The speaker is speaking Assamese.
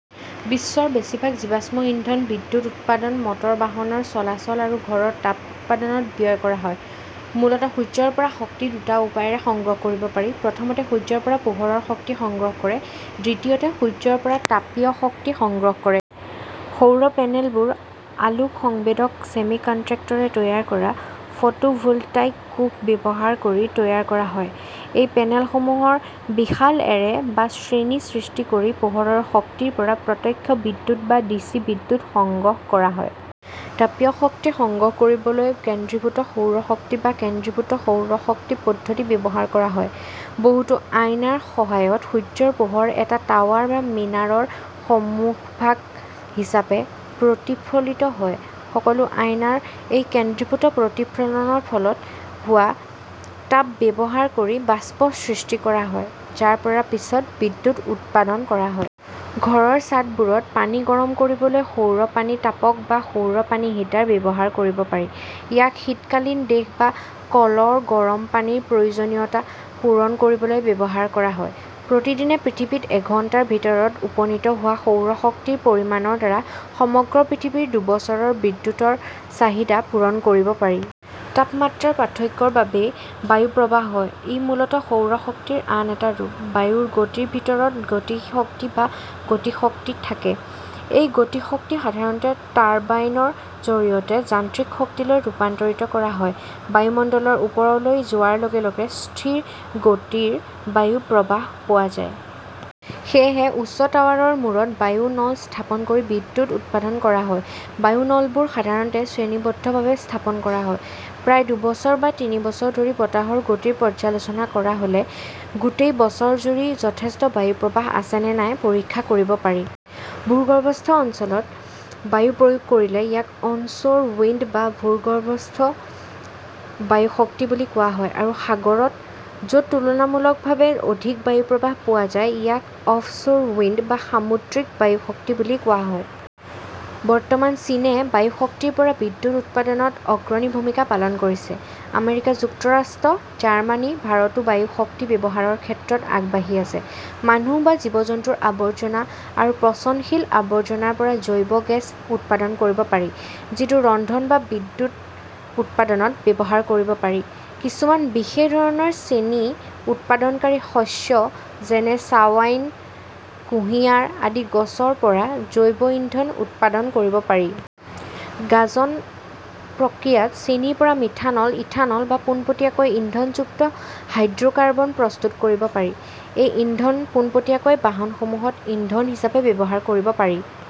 বিশ্বৰ বেছিভাগ জীৱাশ্ম ইন্ধন বিদ্যুৎ উৎপাদন, মটৰ বাহনৰ চলাচল আৰু ঘৰৰ তাপ উৎপাদনত ব্যয় কৰা হয়। মূলতঃ সূৰ্যৰ পৰা শক্তি দুটা উপায়েৰে সংগ্ৰহ কৰিব পাৰি। প্ৰথমতে, সূৰ্যৰ পৰা পোহৰৰ শক্তি সংগ্ৰহ কৰে, দ্বিতীয়তে, সূৰ্যৰ পৰা তাপীয় শক্তি সংগ্ৰহ কৰে। সৌৰ পেনেলবোৰ আলোক সংবেদক ছেমিকনট্ৰেক্টৰে তৈয়াৰ কৰা ফটোভোলটাইক কোষ ব্যৱহাৰ কৰি তৈয়াৰ কৰা হয়। এই পেনেলসমূহৰ বিশাল এৰে বা শ্ৰেণী সৃষ্টি কৰি পোহৰৰ শক্তিৰ পৰা প্ৰত্যক্ষ বিদ্যুৎ বা ডিচি বিদ্যুৎ সংগ্ৰহ কৰা হয়। তাপীয় শক্তি সংগ্ৰহ কৰিবলৈ কেন্দ্ৰীভূত সৌৰ শক্তি বা ''কেন্দ্ৰীভূত সৌৰ শক্তি পদ্ধতি "ব্যৱহাৰ কৰা হয়। বহুতো আইনাৰ সহায়ত সূৰ্যৰ পোহৰ এটা টাৱাৰ বা মিনাৰৰ সন্মুখভাগ হিচাপে প্ৰতিফলিত হয়। সকলো আইনাৰ এই কেন্দ্ৰীভূত প্ৰতিফলনৰ ফলত হোৱা তাপ ব্যৱহাৰ কৰি বাষ্প সৃষ্টি কৰা হয়, যাৰ পৰা পিছত বিদ্যুৎ উৎপাদন কৰা হয়। ঘৰৰ ছাদবোৰত পানী গৰম কৰিবলৈ সৌৰ-পানী-তাপক বা সৌৰ পানী হিটাৰ ব্যৱহাৰ কৰিব পাৰি। ইয়াক শীতকালীন দেশ বা কলৰ গৰম পানীৰ প্ৰয়োজনীয়তা পূৰণ কৰিবলৈ ব্যৱহাৰ কৰা হয়। প্ৰতিদিনে পৃথিৱীত এঘণ্টাৰ ভিতৰত উপনীত হোৱা সৌৰ শক্তিৰ পৰিমাণৰ দ্বাৰা সমগ্ৰ পৃথিৱীৰ দুবছৰৰ বিদ্যুৎৰ চাহিদা পূৰণ কৰিব পাৰি। তাপমাত্ৰাৰ পাৰ্থক্যৰ বাবেই বায়ু প্ৰবাহ হয়। ই মূলতঃ সৌৰ শক্তিৰ আন এটা ৰূপ। বায়ুৰ গতিৰ ভিতৰত গতিশক্তি বা গতিশক্তি থাকে। এই গতিশক্তি সাধাৰণতে টাৰ্বাইনৰ জৰিয়তে যান্ত্ৰিক শক্তিলৈ ৰূপান্তৰিত কৰা হয়। বায়ুমণ্ডলৰ ওপৰলৈ যোৱাৰ লগে লগে স্থিৰ গতিৰ বায়ু প্ৰবাহ পোৱা যায়। সেয়েহে উচ্চ টাৱাৰৰ মূৰত বায়ু নল স্থাপন কৰি বিদ্যুৎ উৎপাদন কৰা হয়। বায়ু নলবোৰ সাধাৰণতে শ্ৰেণীবদ্ধভাৱে স্থাপন কৰা হয়। প্ৰায় দুবছৰ বা তিনি বছৰ ধৰি বতাহৰ গতিৰ পৰ্যালোচনা কৰা হ'লে গোটেই বছৰজুৰি যথেষ্ট বায়ু প্ৰৱাহ আছে নে নাই পৰীক্ষা কৰিব পাৰি। ভূগৰ্ভস্থ অঞ্চলত বায়ু প্ৰয়োগ কৰিলে ইয়াক অন-শ্ব "ৰ-ৱিণ্ড বা ভূগৰ্ভস্থ বায়ু শক্তি বুলি কোৱা হয় আৰু সাগৰত, য'ত তুলনামূলকভাৱে অধিক বায়ু প্ৰৱাহ পোৱা যায়, ইয়াক অফ-শ্ব' ৰ-ৱিণ্ড বা সামুদ্ৰিক বায়ু শক্তি বুলি কোৱা হয়। বৰ্তমান চীনে বায়ু শক্তিৰ পৰা বিদ্যুৎ উৎপাদনত অগ্ৰণী ভূমিকা পালন কৰিছে। আমেৰিকা যুক্তৰাষ্ট্ৰ, জাৰ্মানী, ভাৰতো বায়ু শক্তি ব্যৱহাৰৰ ক্ষেত্ৰত আগবাঢ়ি আছে। মানুহ বা জীৱ-জন্তুৰ আৱৰ্জনা আৰু পচনশীল আৱৰ্জনাৰ পৰা জৈৱ গেছ উৎপাদন কৰিব পাৰি, যিটো ৰন্ধন বা বিদ্যুৎ উৎপাদনত ব্যৱহাৰ কৰিব পাৰি-কিছুমান বিশেষ ধৰণৰ চেনী উৎপাদনকাৰী শস্য; যেনেঃ ছাৱাইন, কুঁহিয়াৰ আদি গছৰ পৰা জৈৱ ইন্ধন উৎপাদন কৰিব পাৰি। গাঁজন প্ৰক্ৰিয়াত চেনিৰ পৰা মিথানল, ইথানল বা পোনপটীয়াকৈ ইন্ধনযুক্ত হাইড্ৰ কাৰ্বন প্ৰস্তুত কৰিব পাৰি। এই ইন্ধন পোনপটীয়াকৈ বাহনসমূহত ইন্ধন হিচাপে ব্যৱহাৰ কৰিব পাৰি।